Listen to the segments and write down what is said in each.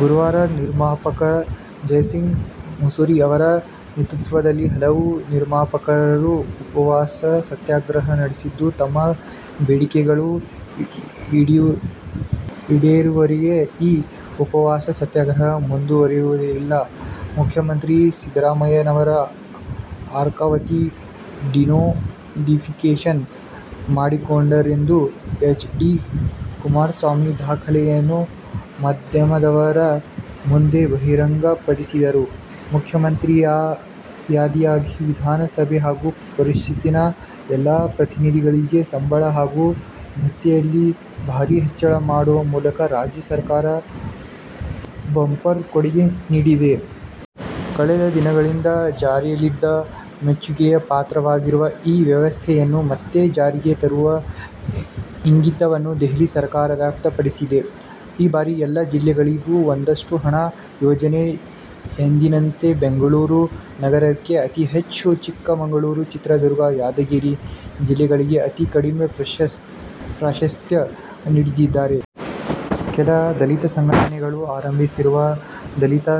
ಗುರುವಾರ ನಿರ್ಮಾಪಕ ಜಯಸಿಂಹ ಮುಸುರಿ ಅವರ ನೇತೃತ್ವದಲ್ಲಿ ಹಲವು ನಿರ್ಮಾಪಕರುಗಳು ಉಪವಾಸ ಸತ್ಯಾಗ್ರಹ ನಡೆಸಿದ್ದು, ತಮ್ಮ ಬೇಡಿಕೆಗಳು ಈಡೇರುವವರೆಗೂ ಈ ಉಪವಾಸ ಸತ್ಯಾಗ್ರಹ ಮುಂದುವರೆಯಲಿದೆ. ಮುಖ್ಯಮಂತ್ರಿ ಸಿದ್ದರಾಮಯ್ಯನವರು ಅರ್ಕಾವತಿ ಡಿನೋಟಿಫಿಕೇಷನ್ ಮಾಡಿದ್ದಾರೆಂದು ಹೆಚ್. ಡಿ ಕುಮಾರಸ್ವಾಮಿ ದಾಖಲೆಗಳನ್ನು ಮಾಧ್ಯಮದವರ ಮುಂದೆ ಬಹಿರಂಗ ಪಡಿಸಿದರು. ಮುಖ್ಯಮಂತ್ರಿಯಾದಿಯಾಗಿ ವಿಧಾನಸಭೆ ಹಾಗೂ ಪರಿಷತ್ತಿನ ಎಲ್ಲಾ ಪ್ರತಿನಿಧಿಗಳಿಗೆ ಸಂಬಳ ಹಾಗೂ ಭತ್ಯೆಯಲ್ಲಿ ಭಾರಿ ಹೆಚ್ಚಳ ಮಾಡುವ ಮೂಲಕ ರಾಜ್ಯ ಸರ್ಕಾರ ಬಂಪರ್ ಕೊಡುಗೆ ನೀಡಿದೆ. ಕಳೆದ ದಿನಗಳಿಂದ ಜಾರಿಯಲ್ಲಿದ್ದ, ಮೆಚ್ಚುಗೆಗೆ ಪಾತ್ರವಾಗಿರುವ ಈ ವ್ಯವಸ್ಥೆಯನ್ನು ಮತ್ತೆ ಜಾರಿಗೆ ತರುವ ಇಂಗಿತವನ್ನು ದೆಹಲಿ ಸರ್ಕಾರ ವ್ಯಕ್ತಪಡಿಸಿದೆ. ಈ ಬಾರಿ ಎಲ್ಲ ಜಿಲ್ಲೆಗಳಿಗೂ ಒಂದಷ್ಟು ಹಣ, ಯೋಜನೆ, ಎಂದಿನಂತೆ ಬೆಂಗಳೂರು ನಗರಕ್ಕೆ ಅತಿಹೆಚ್ಚು, ಚಿಕ್ಕಮಗಳೂರು, ಚಿತ್ರದುರ್ಗ, ಯಾದಗಿರಿ ಜಿಲ್ಲೆಗಳಿಗೆ ಅತಿ ಕಡಿಮೆ ಪ್ರಾಶಸ್ತ್ಯ ನೀಡಿದ್ದಾರೆ. ಕೆಲ ದಲಿತ ಸಂಘಟನೆಗಳು ಆರಂಭಿಸಿರುವ "ದಲಿತ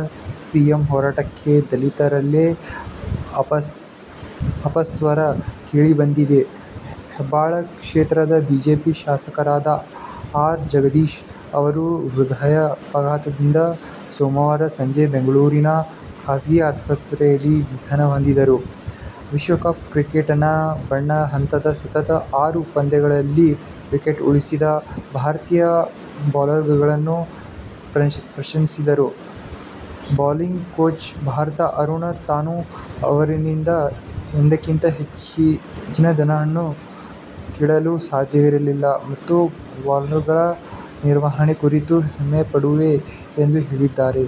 ಸಿಎಂ ಹೋರಾಟ'ಕ್ಕೆ ದಲಿತರಲ್ಲೇ ಅಪಸ್ವರ ಕೇಳಿಬಂದಿದೆ. ಹೆಬ್ಬಾಳ ಕ್ಷೇತ್ರದ ಬಿಜೆಪಿ ಶಾಸಕರಾದ ಆರ್. ಜಗದೀಶ್ ಆವರು ಹೃದಯಾಘಾತದಿಂದ ಸೋಮವಾರ ಸಂಜೆ ಬೆಂಗಳೂರಿನ ಖಾಸಗಿ ಆಸ್ಪತ್ರೆಯಲ್ಲಿ ನಿಧನಹೊಂದಿದರು. ವಿಶ್ವಕಪ್ ಕ್ರಿಕೆಟ್ನ ಬಣ ಹಂತದ ಸತತ ಆರು ಪಂದ್ಯಗಳಲ್ಲಿ ವಿಕೆಟ್ ಉರುಳಿಸಿದ ಭಾರತೀಯ ಬೌಲರ್ಗಳನ್ನು ಪ್ರಶಂಸಿಸಿರುವ ಬೌಲಿಂಗ್ ಕೋಚ್ ಭರತ್ ಅರುಣ್, ತಾನು ಅವರಿಂದ ಇದಕ್ಕಿಂತ ಹೆಚ್ಚಿನದನ್ನು ಕೇಳಲು ಸಾಧ್ಯವಿರಲಿಲ್ಲ ಮತ್ತು ಬೌಲರ್ಗಳ ನಿರ್ವಹಣೆ ಕುರಿತು ಹೆಮ್ಮೆಪಡುವೆ ಎಂದು ಹೇಳಿದ್ದಾರೆ.